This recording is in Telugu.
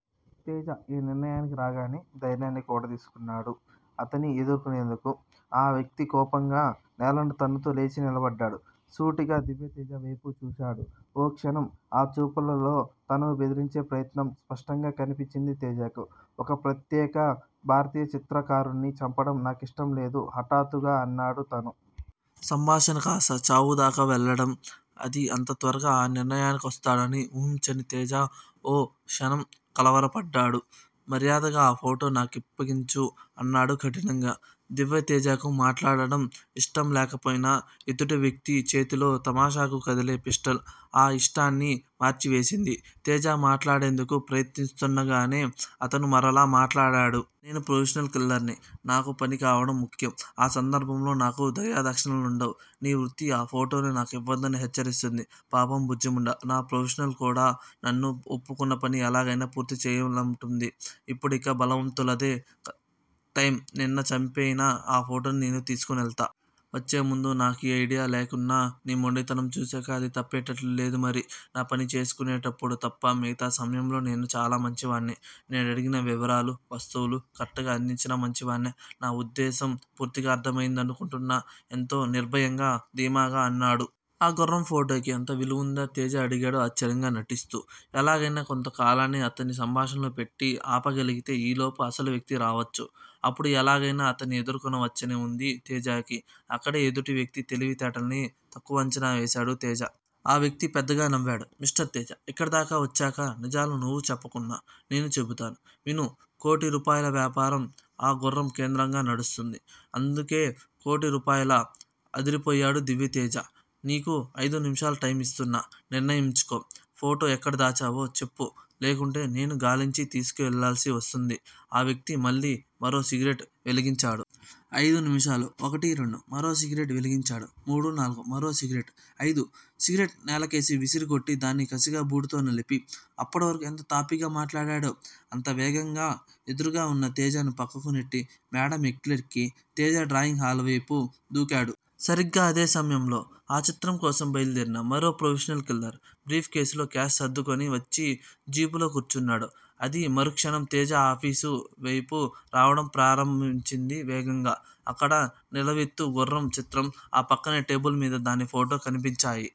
తేజ ఈ నిర్ణయానికి రాగానే ధైర్యాన్ని కూడదీసుకున్నాడు. అతన్ని ఎదుర్కొనేందుకు. ఆ వ్యక్తి కోపంగా నేలను తన్నుతూ లేచి నిలబడ్డాడు. సూటిగా దివ్యతేజ వేపు చూశాడు. ఓ క్షణం ఆ చూపులో తనను బెదిరించే ప్రయత్నం స్పష్టంగా కనిపించింది తేజకు. ఒక ప్రఖ్యాత భారతీయ చిత్రకారుణ్ణి చంపటం నాకిష్టంలేదు హఠాత్తుగా అన్నాడు అతను. సంభాషణ కాస్త చావుదాకా వెళ్ళటం__అదీ అంత త్వరగా, ఆ నిర్ణయానికొస్తాడని ఊహించని తేజ ఓ క్షణం కలవరపడ్డాడు. మర్యాదగా ఆ ఫోటో నాకప్పగించు అన్నాడు కఠినంగా. దివ్యతేజకు మాట్లాడటం ఇష్టంలేకపోయినా ఎదుటి వ్యక్తి చేతిలో తమాషాగా కదిలే పిస్టల్ ఆ అయిష్టాన్ని మార్చి వేసింది. తేజ మాట్లాడేందుకు ప్రయత్నిస్తుండగానే అతనే మరలా మాట్లాడాడు. నేనో ప్రొఫెషనల్ కిల్లర్ ని. నాకు పని కావటం ముఖ్యం. ఆ సందర్భంలో నాకు దయాదాక్షిణ్యాలుండవు. నీ వృత్తి ఆ ఫోటో నాకివ్వద్దని హెచ్చరిస్తుంది. పాపం బుజ్జిముండ. నా ప్రొఫెషన్ కూడా నన్ను ఒప్పుకున్న పని ఎలాగైనా పూర్తి చేయాలంటుంది. ఇప్పుడిక బలవంతులదే కదా టైమ్ నిన్ను చంపైనా ఆ ఫోటో తీసుకెళ్తాను. వచ్చే ముందు నాకీ ఐడియా లేకున్నా నీ మొండితనం చూసాక అది తప్పేట్లుగా లేదు మరి. నా పని చేసుకునేటప్పుడు తప్ప మిగతా సమయాల్లో నేను చాలా మంచివాడిని. నేనడిగిన వివరాలు, వస్తువు, కరెక్ట్ గా అందించినా మంచివాడ్నే. నా ఉద్దేశ్యం పూర్తిగా అర్ధమయిందనుకుంటాను ఎంతో నిర్భయంగా ధీమాగా అన్నాడు. ఆ గుర్రం ఫోటోకి అంత విలువుందా తేజ అడిగాడు ఆశ్చర్యం నటిస్తూ. ఎలాగైనా కొంత కాలాన్ని అతన్ని సంభాషణలో పెట్టి ఆపగలిగితే ఈలోపు అసలు వ్యక్తి రావచ్చు. అప్పుడు ఎలాగైనా అతన్ని ఎదుర్కోవచ్చని వుంది తేజకు. అక్కడే ఎదుటి వ్యక్తి తెలివి తేటల్ని తక్కువగా అంచనా వేసాడు తేజ. ఆ వ్యక్తి పెద్దగా నవ్వాడు. మిస్టర్ తేజ ఇక్కడదాకా వచ్చాక నిజాలు నువ్వు చెప్పకున్నా నేను చెబుతాను విను కోటి రూపాయల వ్యాపారం ఆ గుర్రం కేంద్రంగా నడుస్తోంది. అందుకే కోటిరూపాయలా? అదిరిపోయాడు దివ్యతేజ. నీకు ఐదు నిమిషాలే టైం ఇస్తున్నాను నిర్ణయించుకో ఫోటో ఎక్కడ దాచావో చెప్పు లేకుంటే నేను గాలించి తీసుకెళ్ళాల్సి వస్తుంది ఆ వ్యక్తి మళ్ళీ మరో సిగరెట్ వెలిగించాడు. అయిదు నిమిషాలు ఒకటి రెండు మరో సిగరెట్ వెలిగించాడు మూడు నాలుగు మరో సిగరెట్ ఐదు సిగరెట్ నేలకేసి విసిరికొట్టి దాన్ని కసిగా బూటుతో నలిపి, అప్పటి వరకు ఎంత తాపీగా మాట్లాడాడో, అంత వేగంగా ఎదురుగా వున్న తేజను పక్కకునెట్టి మేడ మెట్లెక్కి తేజ డ్రాయింగ్ హాల్ వేపు దూకాడు. సరిగ్గా అదే సమయంలో ఆ చిత్రం కోసం బయలుదేరిన మరో ప్రొఫెషనల్ కిల్లర్ బ్రీఫ్ కేసులో క్యాష్ సర్దుకొని వచ్చి జీపులో కూర్చున్నాడు. అది మరుక్షణం తేజ ఆఫీసు వేపు రావటం ప్రారంభించింది వేగంగా. అక్కడ నిలువెత్తు గుర్రం చిత్రం ఆ పక్కనే టేబుల్ మీద దాని ఫోటో కనిపించాయి.